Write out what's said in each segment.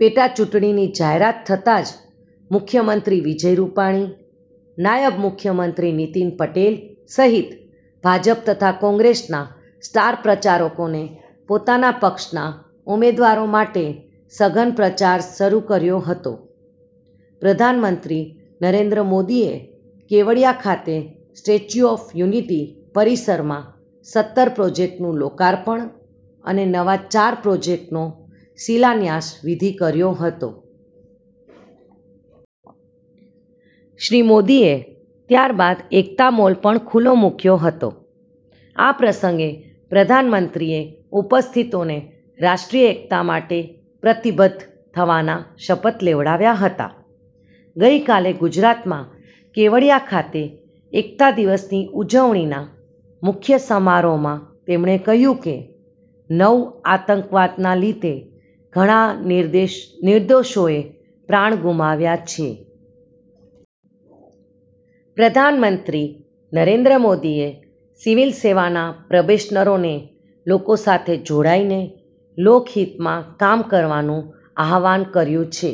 પેટાચૂંટણીની જાહેરાત થતા જ મુખ્યમંત્રી વિજય રૂપાણી, નાયબ મુખ્યમંત્રી નીતીન પટેલ સહિત ભાજપ તથા કોંગ્રેસના સ્ટાર પ્રચારકોને પોતાના પક્ષના ઉમેદવારો માટે સઘન પ્રચાર શરૂ કર્યો હતો. પ્રધાનમંત્રી નરેન્દ્ર મોદીએ કેવડીયા ખાતે સ્ટેચ્યુ ઓફ યુનિટી પરિસરમાં સત્તર પ્રોજેકટ નું લોકાર્પણ અને નવા ચાર પ્રોજેકટનો શિલાન્યાસ વિધિ કર્યો હતો. શ્રી મોદી એ ત્યાર બાદ એકતા મોલ પણ ખુલ્લો મૂક્યો હતો. આ પ્રસંગે પ્રધાનમંત્રીએ ઉપસ્થિતોને રાષ્ટ્રીય એકતા માટે પ્રતિબદ્ધ થવાના શપથ લેવડાવ્યા હતા. ગઈકાલે ગુજરાતમાં કેવડિયા ખાતે એકતા દિવસની ઉજવણીના મુખ્ય સમારોહમાં તેમણે કહ્યું કે, નવ આતંકવાદના લીધે ઘણાં નિર્દોષોએ પ્રાણ ગુમાવ્યા છે. પ્રધાનમંત્રી નરેન્દ્ર મોદીએ સિવીલ સેવાના પ્રોબેશનરોને લોકો સાથે જોડાઇને લોકહિતમાં કામ કરવાનું આહવાન કર્યું છે.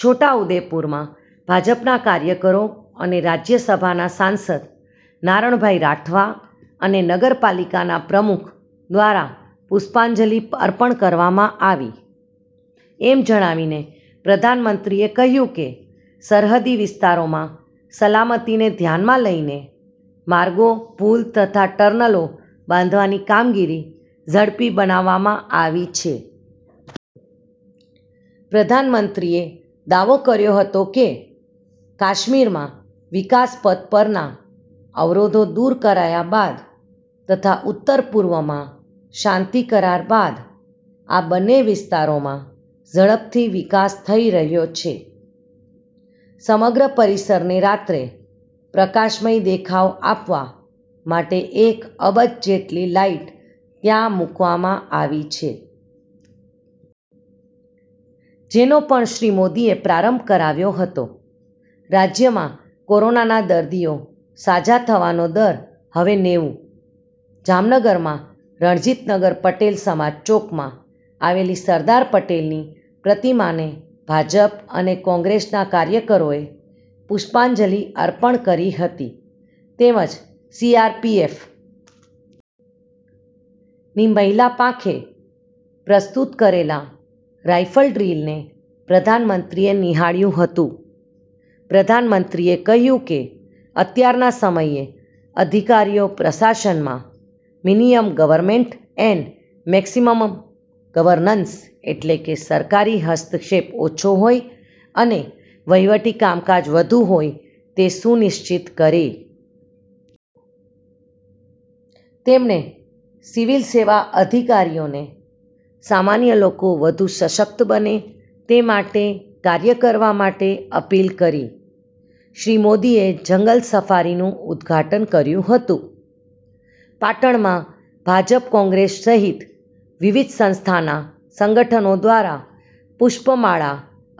છોટા ઉદેપુરમાં ભાજપના કાર્યકરો અને રાજયસભાના સાંસદ નારણભાઇ રાઠવા અને નગરપાલિકાના પ્રમુખ દ્વારા પુષ્પાંજલિ અર્પણ કરવામાં આવી. એમ જણાવીને પ્રધાનમંત્રીએ કહ્યું કે સરહદી વિસ્તારોમાં સલામતીને ધ્યાનમાં લઈને માર્ગો પુલ તથા ટર્નલો બાંધવાની કામગીરી ઝડપી બનાવવામાં આવી છે. પ્રધાનમંત્રીએ દાવો કર્યો હતો કે, કાશ્મીરમાં વિકાસ પથ પરના અવરોધો દૂર કરાયા બાદ તથા ઉત્તર પૂર્વમાં શાંતિ કરાર બાદ આ બંને વિસ્તારોમાં ઝડપથી વિકાસ થઈ રહ્યો છે. સમગ્ર પરિસરને રાત્રે પ્રકાશમય દેખાવ આપવા માટે એક અબજ જેટલી લાઈટ ત્યાં મૂકવામાં આવી છે. જેનો પણ શ્રી મોદીએ પ્રારંભ કરાવ્યો હતો. રાજ્યમાં કોરોનાના દર્દીઓ સાજા થવાનો દર હવે નેવું. જામનગરમાં રણજીતનગર પટેલ સમાજ ચોકમાં આવેલી સરદાર પટેલની પ્રતિમાને ભાજપ અને કોંગ્રેસના કાર્યકરોએ પુષ્પાંજલિ અર્પણ કરી હતી. તેમજ સી.આર.પી.એફ. ની મહિલા પાંખે પ્રસ્તુત કરેલા રાયફલ ડ્રીલને પ્રધાનમંત્રીએ નિહાળ્યું હતું. પ્રધાનમંત્રીએ કહ્યું કે, અત્યારના સમયે અધિકારીઓ પ્રશાસનમાં minimum government and maximum governance એટલે કે સરકારી હસ્તક્ષેપ ઓછો હોય અને વહિવટી કામકાજ વધુ હોય તે સુનિશ્ચિત કરે. તેમણે સિવિલ સેવા અધિકારીઓને સામાન્ય લોકો વધુ સશક્ત બને તે માટે કાર્ય કરવા માટે અપીલ કરી. શ્રી મોદીએ જંગલ સફારીનું ઉદ્ધાટન કર્યું હતું. પાટણમાં ભાજપ કોંગ્રેસ સહિત વિવિધ સંસ્થાના સંગઠનો દ્વારા પુષ્પમાળા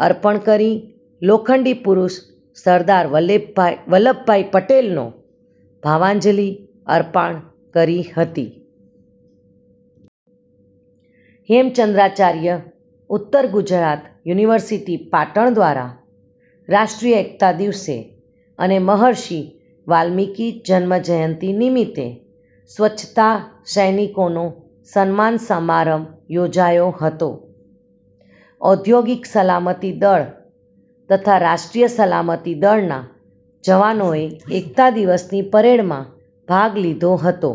અર્પણ કરી લોખંડી પુરૂષ સરદાર વલ્લભભાઇ પટેલનો ભાવાંજલિ અર્પણ કરી હતી. હેમચંદ્રાચાર્ય ઉત્તર ગુજરાત યુનિવર્સિટી પાટણ દ્વારા રાષ્ટ્રીય એકતા દિવસે અને મહર્ષિ વાલ્મિકી જન્મજયંતિ નિમિત્તે સ્વચ્છતા સૈનિકોનો સન્માન સમારંભ યોજાયો હતો. ઔદ્યોગિક સલામતી દળ તથા રાષ્ટ્રીય સલામતી દળના જવાનોએ એકતા દિવસની પરેડમાં ભાગ લીધો હતો.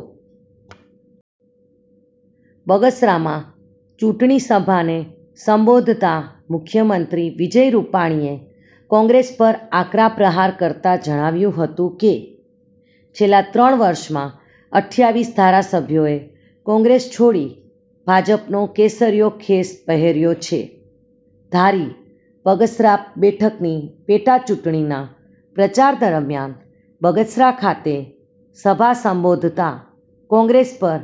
બગસરામાં ચુંટણી સભાને સંબોધતા મુખ્યમંત્રી વિજય રૂપાણીએ કોંગ્રેસ પર આકરા પ્રહાર કરતા જણાવ્યું હતું કે, છેલ્લા ત્રણ વર્ષમાં અઠ્ઠાવીસ ધારાસભ્યોએ કોંગ્રેસ છોડી ભાજપનો કેસરીયો ખેસ પહેર્યો છે. ધારી બગસરા બેઠકની પેટા ચુંટણી ના પ્રચાર દરમ્યાન બગસરા ખાતે સભા સંબોધતા કોંગ્રેસ પર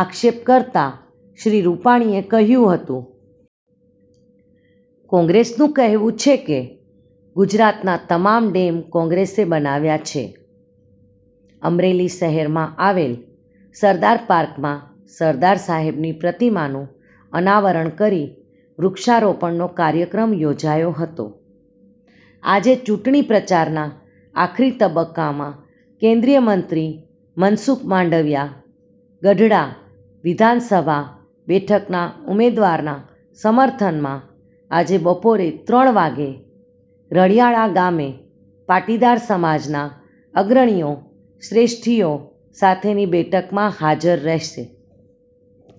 આક્ષેપ કરતાં શ્રી રૂપાણીએ કહ્યું હતુ. કોંગ્રેસનું કહેવું છે કે ગુજરાતના તમામ ડેમ કોંગ્રેસે બનાવ્યા છે. અમરેલી શહેરમાં આવેલ સરદાર પાર્કમાં સરદાર સાહેબની પ્રતિમાનું અનાવરણ કરી વૃક્ષારોપણનો કાર્યક્રમ યોજાયો હતો. આજે ચૂંટણી પ્રચારના આખરી તબક્કામાં કેન્દ્રિય મંત્રી મનસુખ માંડવીયા ગઢડા વિધાનસભા બેઠકના ઉમેદવારના સમર્થનમાં આજે બપોરે ત્રણ વાગે રણીયાળા ગામે પાટીદાર સમાજના અગ્રણીઓ શ્રેષ્ઠીઓ સાથેની બેઠકમાં હાજર રહેશ.